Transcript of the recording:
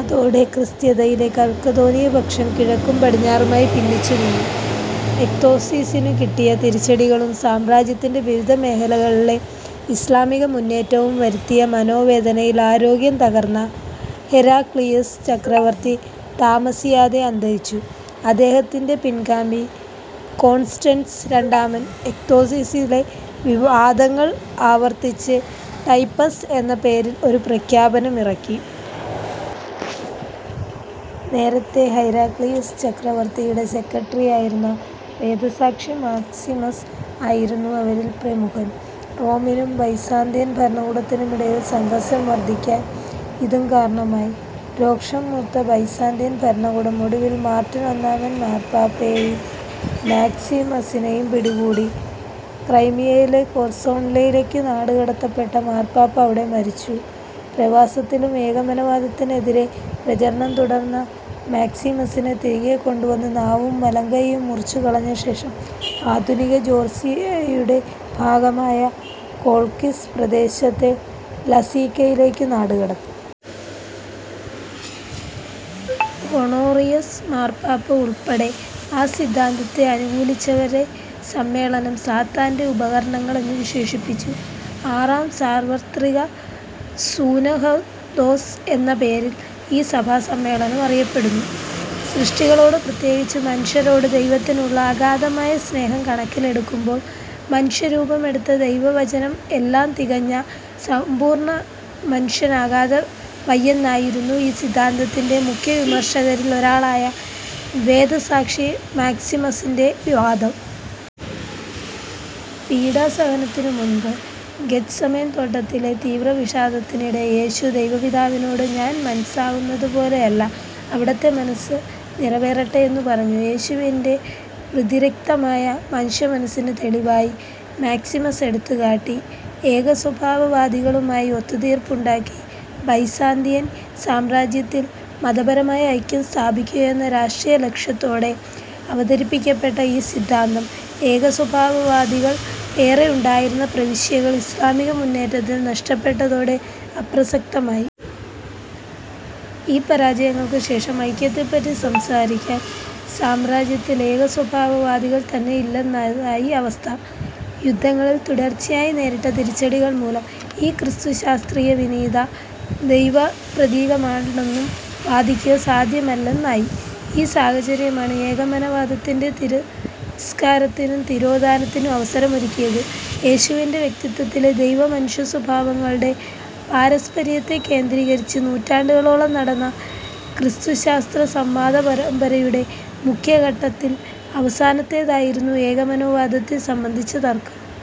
അതോടെ ക്രിസ്തീയതയിലെ കൽക്കദോനിയപക്ഷം കിഴക്കും പടിഞ്ഞാറുമായി ഭിന്നിച്ചുനിന്നു. എക്തേസിസിനു കിട്ടിയ തിരിച്ചടികളും സാമ്രാജ്യത്തിന്റെ വിവിധമേഖലകളിലെ ഇസ്ലാമിക മുന്നേറ്റവും വരുത്തിയ മനോവേദനയിൽ ആരോഗ്യം തകർന്ന ഹെരാക്ലിയസ് ചക്രവർത്തി താമസിയാതെ അന്തരിച്ചു. അദ്ദേഹത്തിന്റെ പിൻഗാമി കോൺസ്റ്റൻസ് രണ്ടാമൻ എക്തേസിസിലെ വാദങ്ങൾ ആവർത്തിച്ച് ടൈപ്പസ് എന്ന പേരിൽ ഒരു പ്രഖ്യാപനം ഇറക്കി. നേരത്തേ ഹെരാക്ലിയസ് ചക്രവർത്തിയുടെ സെക്രട്ടറിയായായിരുന്ന വേദസാക്ഷി മാക്സിമസ് ആയിരുന്നു അവരിൽ പ്രമുഖൻ. റോമിനും ബൈസാന്തിയൻ ഭരണകൂടത്തിനുമിടയിൽ സംഘർഷം വർദ്ധിക്കാൻ ഇതും കാരണമായി. രോഷം മൂത്ത ബൈസാന്തിയൻ ഭരണകൂടം ഒടുവിൽ മാർട്ടിൻ ഒന്നാമൻ മാർപ്പാപ്പയേയും മാക്സിമസിനേയും പിടികൂടി. ക്രൈമിയയിലെ കെർസോണിലേക്കു നാടുകടത്തപ്പെട്ട മാർപ്പാപ്പ അവിടെ മരിച്ചു. പ്രവാസത്തിലും ഏകമനഃവാദത്തിനെതിരെ പ്രചാരണം തുടർന്ന മാക്സിമസിനെ, തിരികെ കൊണ്ടുവന്ന് നാവും വലംകൈയ്യും മുറിച്ചു കളഞ്ഞ ശേഷം, ആധുനിക ജോർജ്ജിയയുടെ ഭാഗമായ കോൾക്കിസ് പ്രദേശത്തെ ലസീക്കയിലേക്കു നാടുകടത്തി. ഹൊണോറിയസ് മാർപ്പാപ്പ ഉൾപ്പെടെ ആ സിദ്ധാന്തത്തെ അനുകൂലിച്ചവരെ സമ്മേളനം, "സാത്താന്റെ ഉപകരണങ്ങൾ" എന്നു വിശേഷിപ്പിച്ചു. ആറാം സാർവർത്രിക സൂനഹദോസ് എന്ന പേരിൽ ഈ സഭാസമ്മേളനം അറിയപ്പെടുന്നു. സൃഷ്ടികളോട് പ്രത്യേകിച്ച് മനുഷ്യരോട് ദൈവത്തിനുള്ള അഗാധമായ സ്നേഹം കണക്കിലെടുക്കുമ്പോൾ, മനുഷ്യരൂപമെടുത്ത ദൈവവചനം എല്ലാം തികഞ്ഞ സമ്പൂർണ്ണമനുഷ്യൻ ആകാതെ വയ്യെന്നായിരുന്നു ഈ സിദ്ധാന്തത്തിന്റെ മുഖ്യവിമർശകരിൽ ഒരാളായ വേദസാക്ഷി മാക്സിമസിന്റെ വാദം. പീഡാസഹനത്തിനു മുൻപ് ഗെദ്സമേൻ തോട്ടത്തിലെ തീവ്രവിഷാദത്തിനിടെ യേശു, ദൈവപിതാവിനോട് "ഞാൻ മൻസ്സാകുന്നതു പോലെയല്ല, അവിടുത്തെ മനസ്സ് നിറവേറട്ടെ" എന്നു പറഞ്ഞത്, യേശുവിന്റെ വ്യതിരിക്തമായ മനുഷ്യമനസ്സിനു തെളിവായി മാക്സിമസ് എടുത്തുകാട്ടി. ഏകസ്വഭാവവാദികളുമായി ഒത്തുതീർപ്പുണ്ടാക്കി ബൈസാന്തിയൻ സാമ്രാജ്യത്തിൽ മതപരമായ ഐക്യം സ്ഥാപിക്കുകയെന്ന രാഷ്ട്രീയലക്ഷ്യത്തോടെ അവതരിപ്പിക്കപ്പെട്ട ഈ സിദ്ധാന്തം, ഏകസ്വഭാവവാദികൾ ഏറെയുണ്ടായിരുന്ന പ്രവിശ്യകൾ ഇസ്ലാമിക മുന്നേറ്റത്തിൽ നഷ്ടപ്പെട്ടതോടെ അപ്രസക്തമായി. ഈ പരാജയങ്ങൾക്കു ശേഷം, ഐക്യത്തെപ്പറ്റി സംസാരിക്കാൻ സാമ്രാജ്യത്തിൽ ഏകസ്വഭാവവാദികൾ തന്നെ ഇല്ലെന്നതായി അവസ്ഥ. യുദ്ധങ്ങളിൽ തുടർച്ചയായി നേരിട്ട തിരിച്ചടികൾ മൂലം, ഈ ക്രിസ്തുശാസ്ത്രനവീനത ദൈവപ്രീതികരമാണെന്നു വാദിക്കുക സാദ്ധ്യമല്ലെന്നായി. ഈ സാഹചര്യമാണ് ഏകമനഃവാദത്തിന്റെ തിരസ്കാരത്തിനും തിരോധാനത്തിനും അവസരമൊരുക്കിയത്. യേശുവിന്റെ വ്യക്തിത്വത്തിലെ ദൈവ-മനുഷ്യസ്വഭാവങ്ങളുടെ പാരസ്പര്യത്തെ കേന്ദ്രീകരിച്ച് നൂറ്റാണ്ടുകളോളം നടന്ന ക്രിസ്തുശാസ്ത്ര സംവാദപരമ്പരയുടെ മുഖ്യഘട്ടങ്ങളിൽ അവസാനത്തേതായിരുന്നു ഏകമനഃവാദത്തെ സംബന്ധിച്ച തർക്കം.